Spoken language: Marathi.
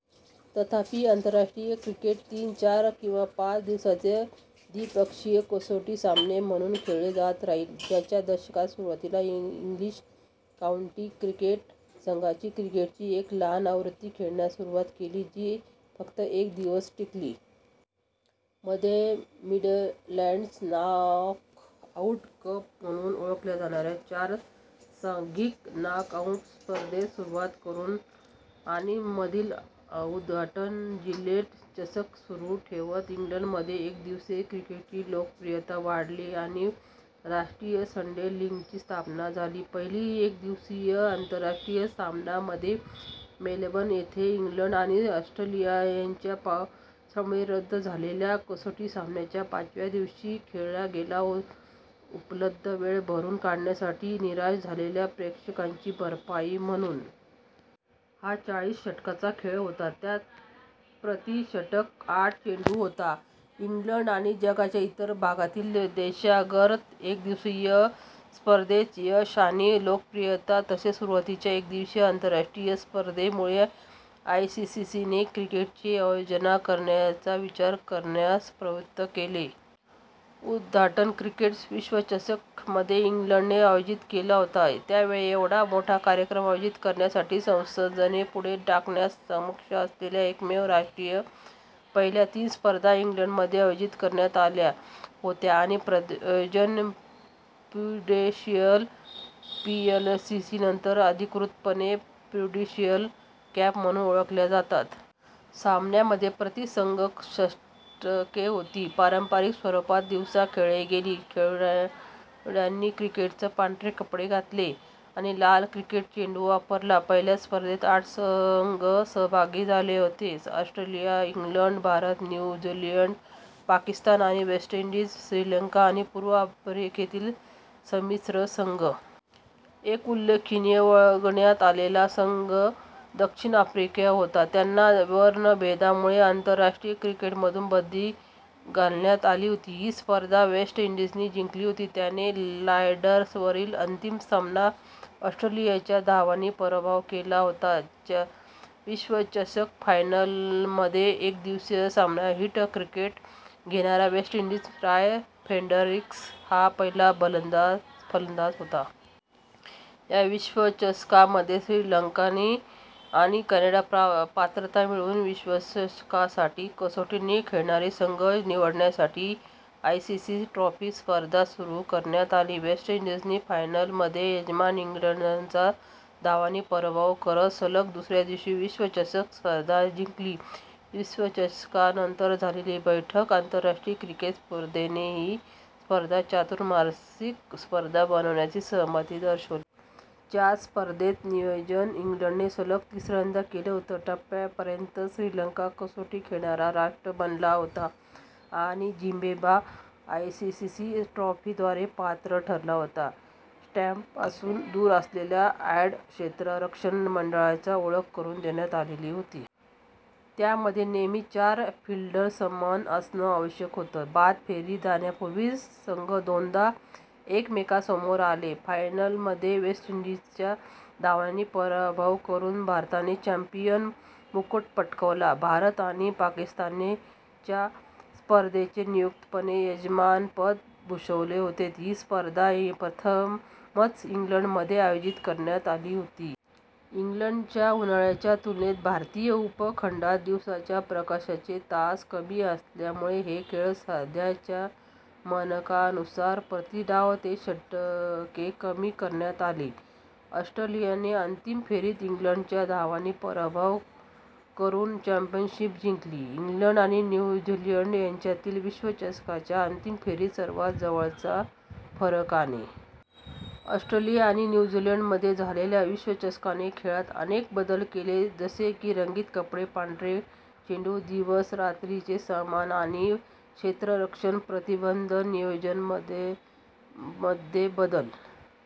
तथापि, आंतरराष्ट्रीय क्रिकेट तीन, चार किंवा पाच दिवसांचे द्विपक्षीय कसोटी सामने म्हणून खेळले जात राहिले. च्या दशकाच्या सुरुवातीस, इंग्लिश काउंटी क्रिकेट संघांनी क्रिकेटची एक लहान आवृत्ती खेळण्यास सुरुवात केली जी फक्त एक दिवस टिकली. मध्ये मिडलँड्स नॉक-आउट कप म्हणून ओळखल्या जाणाऱ्या चार-सांघिक नॉकआऊट स्पर्धेने सुरुवात करून आणि मधील उद्घाटन जिलेट चषक सुरू ठेवत, इंग्लंडमध्ये एकदिवसीय क्रिकेटची लोकप्रियता वाढली. मध्ये राष्ट्रीय संडे लीगची स्थापना झाली. पहिला एक-दिवसीय आंतरराष्ट्रीय सामना मध्ये मेलबर्न येथे इंग्लंड आणि ऑस्ट्रेलिया यांच्यातील पावसामुळे रद्द झालेल्या कसोटी सामन्याच्या पाचव्या दिवशी खेळला गेला, उपलब्ध वेळ भरून काढण्यासाठी आणि निराश झालेल्या प्रेक्षकांची भरपाई म्हणून. हा चाळीस षटकांचा खेळ होता ज्यात प्रति षटक आठ चेंडू होते. इंग्लंड आणि जगाच्या इतर भागांतील देशांतर्गत एकदिवसीय स्पर्धांचे यश आणि लोकप्रियता, तसेच सुरुवातीच्या एकदिवसीय आंतरराष्ट्रीय स्पर्धांमुळे आयसीसीने क्रिकेटचे आयोजन करण्याचा विचार करण्यास प्रवृत्त केले. उद्घाटन क्रिकेट विश्वचषक मध्ये इंग्लंडने आयोजित केला होता, त्या वेळी एवढा मोठा कार्यक्रम आयोजित करण्यासाठी संसाधने पुढे टाकण्यास सक्षम असलेले एकमेव राष्ट्र. पहिल्या तीन स्पर्धा इंग्लंडमध्ये आयोजित करण्यात आल्या होत्या आणि प्रायोजक प्रुडेंशियल पीएलसी नंतर अधिकृतपणे प्रुडेंशियल कप म्हणून ओळखल्या जातात. सामन्यांमध्ये प्रति संघ षटके होती, पारंपारिक स्वरूपात दिवसा खेळले गेले, खेळाडूंनी क्रिकेटचे पांढरे कपडे घातले आणि लाल क्रिकेट चेंडू वापरला. पहिल्या स्पर्धेत आठ संघ सहभागी झाले होते: Australia, England, Bharat, New Zealand, Pakistan आणि वेस्ट इंडीज, श्रीलंका आणि पूर्व आफ्रिकेतील संमिश्र संघ. एक उल्लेखनीय वगळण्यात आलेला संघ दक्षिण आफ्रिका होता, ज्यांना वर्णभेदामुळे आंतरराष्ट्रीय क्रिकेटमधून बंदी घालण्यात आली होती. ही स्पर्धा वेस्ट इंडीजने जिंकली होती, ज्याने लॉर्ड्सवरील अंतिम सामन्यात ऑस्ट्रेलियाचा धावांनी पराभव केला होता. च्या विश्वचषक फायनलमध्ये एकदिवसीय सामन्यात हिट विकेट घेणारा वेस्ट इंडीजचा रॉय फ्रेडरिक्स हा पहिला फलंदाज होता. च्या विश्वचषकामध्ये श्रीलंका आणि कॅनडा पात्रता मिळवून विश्वचषकासाठी कसोटी न खेळणारे संघ निवडण्यासाठी आयसीसी ट्रॉफी स्पर्धा सुरू करण्यात आली. वेस्ट इंडीजने फायनलमध्ये यजमान इंग्लंडचा धावांनी पराभव करत सलग दुसरी विश्वचषक स्पर्धा जिंकली. विश्वचषकानंतर झालेल्या बैठकीत, आंतरराष्ट्रीय क्रिकेट परिषदेने ही स्पर्धा चतुर्मासिक स्पर्धा बनविण्यास सहमती दर्शविली. च्या स्पर्धेचे आयोजन इंग्लंडने सलग तिसऱ्यांदा केले होते. या टप्प्यापर्यंत, श्रीलंका कसोटी खेळणारा राष्ट्र बनला होता आणि झिम्बाब्वे आयसीसी ट्रॉफीद्वारे पात्र ठरला होता. स्टंपपासून दूर असलेल्या यार्ड क्षेत्ररक्षण मंडळाची ओळख करून देण्यात आली. त्यामध्ये नेहमी चार फील्ड्समन असणे आवश्यक होते. बाद फेरीत जाण्यापूर्वी संघ दोनदा एकमेकांसमोर आले. फायनलमध्ये वेस्ट इंडीजचा धावांनी पराभव करून भारताने चॅम्पियनचा मुकुट पटकावला. भारत आणि पाकिस्तानने च्या स्पर्धेचे संयुक्तपणे यजमानपद भूषवले होते, ही स्पर्धा प्रथमच इंग्लंडबाहेर आयोजित करण्यात आली होती. इंग्लंडच्या उन्हाळ्याच्या तुलनेत भारतीय उपखंडात दिवसाच्या प्रकाशाचे तास कमी असल्यामुळे हे खेळ सध्याच्या मानकानुसार प्रति डाव ते षटके कमी करण्यात आले. ऑस्ट्रेलियाने अंतिम फेरीत इंग्लंडचा धावांनी पराभव करून चॅम्पियनशिप जिंकली, इंग्लंड आणि न्यू झीलंड यांच्यातील च्या विश्वचषकाच्या अंतिम फेरीतील सर्वात जवळच्या फरकाने. ऑस्ट्रेलिया आणि न्यू झीलंडमध्ये झालेल्या विश्वचषकाने खेळात अनेक बदल केले, जसे की रंगीत कपडे, पांढरे चेंडू, दिवस/रात्रीचे सामने आणि क्षेत्ररक्षण प्रतिबंध नियमांमध्ये बदल.